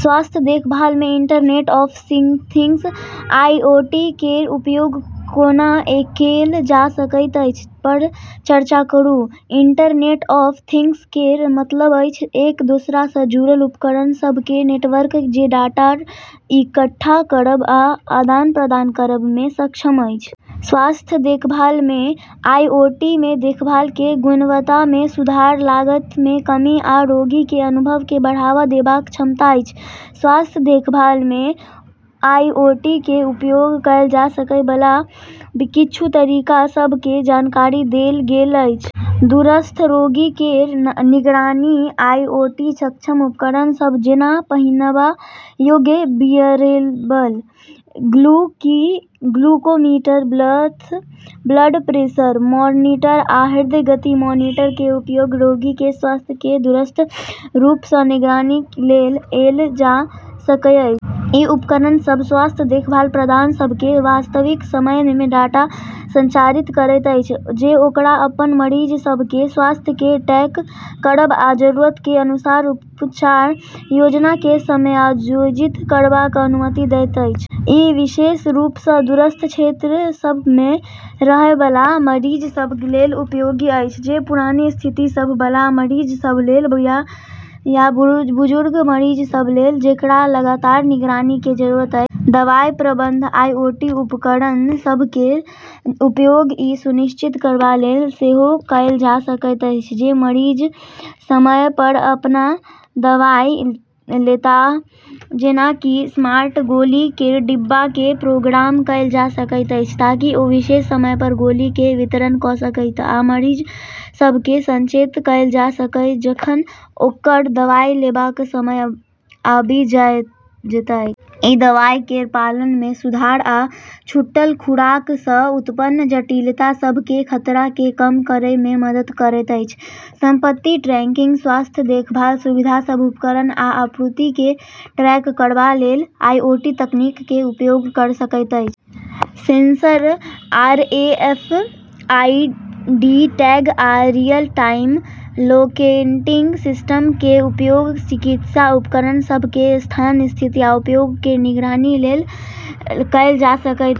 स्वास्थ्य देखभाल मे इंटरनेट ऑफ थिंग्स आईओटी केर उपयोग कोना कएल जा सकैत अछि पर चर्चा करू। इंटरनेट ऑफ थिंग्स केर मतलब अछि एक दोसरा सँ जुड़ल उपकरण सभ केर नेटवर्क जे डाटा इकट्ठा करब आ आदान प्रदान करब मे सक्षम अछि। स्वास्थ्य देखभाल मे आईओटी मे देखभाल केर गुणवत्ता मे सुधार लागत मे कमी आ रोगी केर अनुभव केँ बढ़ावा देबाक क्षमता अछि। स्वास्थ्य देखभाल मे आईओटी केर उपयोग कएल जा सकै बला किछु तरीका सभ केर जानकारी देल गेल अछि। दूरस्थ रोगी केर निगरानी आईओटी सक्षम उपकरण सभ जेना पहिनबा योग्य wearable glucometer blood pressure monitor आ हृदय गति मॉनिटर केर उपयोग रोगी केर स्वास्थ्य केर दूरस्थ रूप सँ निगरानी लेल कएल जा सकैत अछि। ई उपकरण सभ स्वास्थ्य देखभाल प्रदाता सभ केँ वास्तविक समय मे डाटा संचारित करैत अछि जे ओकरा अपन मरीज सभ केर स्वास्थ्य केँ ट्रैक करब आ जरूरत केर अनुसार उपचार योजना केँ समायोजित करबाक अनुमति दैत अछि। ई विशेष रूप सँ दूरस्थ क्षेत्र सभ मे रहै बला मरीज सभ लेल उपयोगी अछि जे पुरानी स्थिति सभ बला मरीज सभ लेल या बुजुर्ग मरीज सभ लेल जेकरा लगातार निगरानी केर जरूरत अछि। दवाई प्रबंधन आईओटी उपकरण सभ केर उपयोग ई सुनिश्चित करबा लेल सेहो कएल जा सकैत अछि जे मरीज समय पर अपन दवाई लेताह। जेना कि स्मार्ट गोली केर डिब्बा केँ प्रोग्राम कएल जा सकैत अछि ताकि ओ विशिष्ट समय पर गोली केर वितरण कऽ सकय आ मरीज सभ केँ सचेत कएल जा सकय जखन ओकर दवाई लेबाक समय आबि जेतैक। ई दवाई केर पालन मे सुधार आ छूटल खुराक सँ उत्पन्न जटिलता सभ केर खतरा केँ कम करै मे मदद करैत अछि। संपत्ति ट्रैकिंग स्वास्थ्य देखभाल सुविधा सभ उपकरण आ आपूर्ति केँ ट्रैक करबा लेल आईओटी तकनीक केर उपयोग कऽ सकैत अछि। सेंसर आरएफआईडी टैग आ रियल टाइम लोकेटिंग सिस्टम केर उपयोग चिकित्सा उपकरण सभ केर स्थान स्थिति आ उपयोग केर निगरानी लेल कएल जा सकैत अछि।